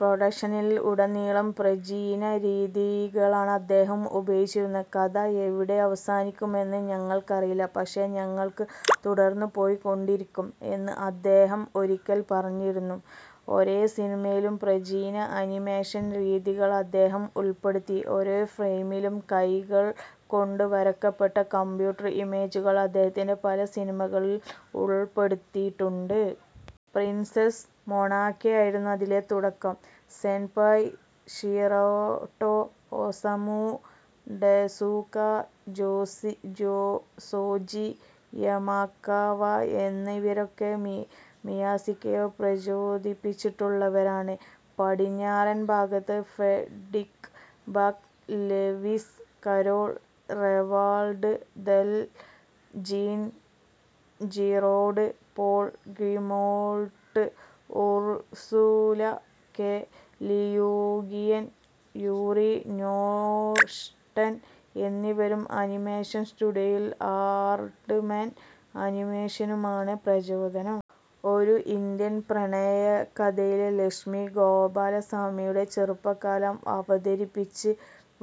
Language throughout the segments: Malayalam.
പ്രൊഡക്ഷനിൽ ഉടനീളം പ്രചീന രീതികളാണ് അദ്ദേഹം ഉപയോഗിച്ചിരുന്നത്, കഥ എവിടെ അവസാനിക്കുമെന്ന് ഞങ്ങൾക്കറിയില്ല, പക്ഷെ ഞങ്ങൾക്ക് തുടർന്ന് പോയിക്കൊണ്ടിരിക്കും എന്ന് അദ്ദേഹം ഒരിക്കൽ പറഞ്ഞിരുന്നു. ഓരോ സിനിമയിലും, പ്രചീന അനിമേഷൻ രീതികൾ അദ്ദേഹം ഉൾപ്പെടുത്തി. ഓരോ ഫ്രെയിമും കൈകൾകൊണ്ട് വരക്കപ്പെട്ടു. കമ്പ്യൂട്ടർ ഇമേജുകൾ അദ്ദേത്തിന്റെ പല സിനിമകളിലും ഉൾപ്പെടുത്തിയിട്ടുണ്ട്. പ്രിൻസസ് മൊണാക്കയായിരുന്നു അതിൽ തുടക്കം. സെൻപായ് ഷിറാട്ടോ, ഒസാമു ടെസൂക്ക, ജോസി സോജി യമാക്കാവ എന്നിവരൊക്കെ മിയാസാക്കിയെ പ്രചോദിപ്പിച്ചിട്ടുള്ളവരാണ്, പടിഞ്ഞാറൻ ഭാഗത്ത് Frederic Back, Lewis Carroll, Roald Dahl, Jean Giraud, Paul Grimault, Ursula K. Le Guin, Yuri Norstein എന്നിവരും, അനിമേഷൻ സ്റ്റുഡിയോയിൽ ആർഡ്മാൻ അനിമേഷനുമാണ് പ്രചോദനം. ഒരു ഇന്ത്യൻ പ്രണയകഥയിൽ ലക്ഷ്മി ഗോപാലസ്വാമിയുടെ ചെറുപ്പകാലം അവതരിപ്പിച്ച്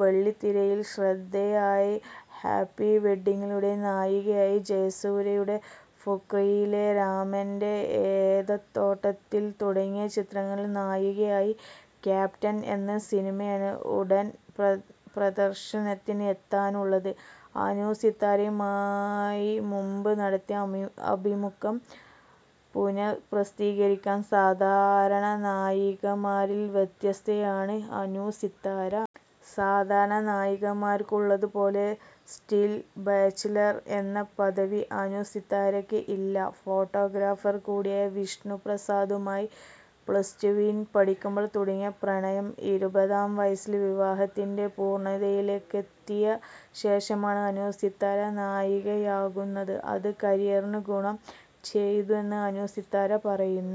വെള്ളിത്തിരയിൽ ശ്രദ്ധേയയായി. ഹാപ്പി വെഡ്ഡിംഗിലൂടെ നായികയായി. ജയസൂര്യയുടെ ഫുക്രിയിലും രാമന്റെ ഏദൻതോട്ടത്തിൽ തുടങ്ങിയ ചിത്രങ്ങളിൽ നായികയായി. ക്യാപ്റ്റൻ എന്ന സിനിമയാണ് ഉടൻ പ്രദർശനത്തിന് എത്താനുള്ളത്. അനുസിത്താരയുമായി മുമ്പ് നടത്തിയ അഭിമുഖം പുനഃപ്രസിദ്ധീകരിക്കുന്നു. സാധാരണ നായികമാരിൽ വ്യത്യസ്തയാണ് അനു സിത്താര. സാധാരണ നായികമാർക്കുള്ളതുപോലെ 'സ്റ്റിൽ ബാച്ചിലർ' എന്ന പദവി അനു സിത്താരയ്ക്ക് ഇല്ല. ഫോട്ടോഗ്രാഫർ കൂടിയായ വിഷ്ണുപ്രസാദുമായി പ്ലസ് ടു വിൽ പഠിക്കുമ്പോൾ തുടങ്ങിയ പ്രണയം ഇരുപതാം വയസ്സിൽ വിവാഹത്തിന്റെ പൂർണതയിലെത്തിയ ശേഷമാണ് അനു സിത്താര നായികയാകുന്നത്. അത് കരിയറിന് ഗുണം ചെയ്തെന്നും അനു സിത്താര പറയും.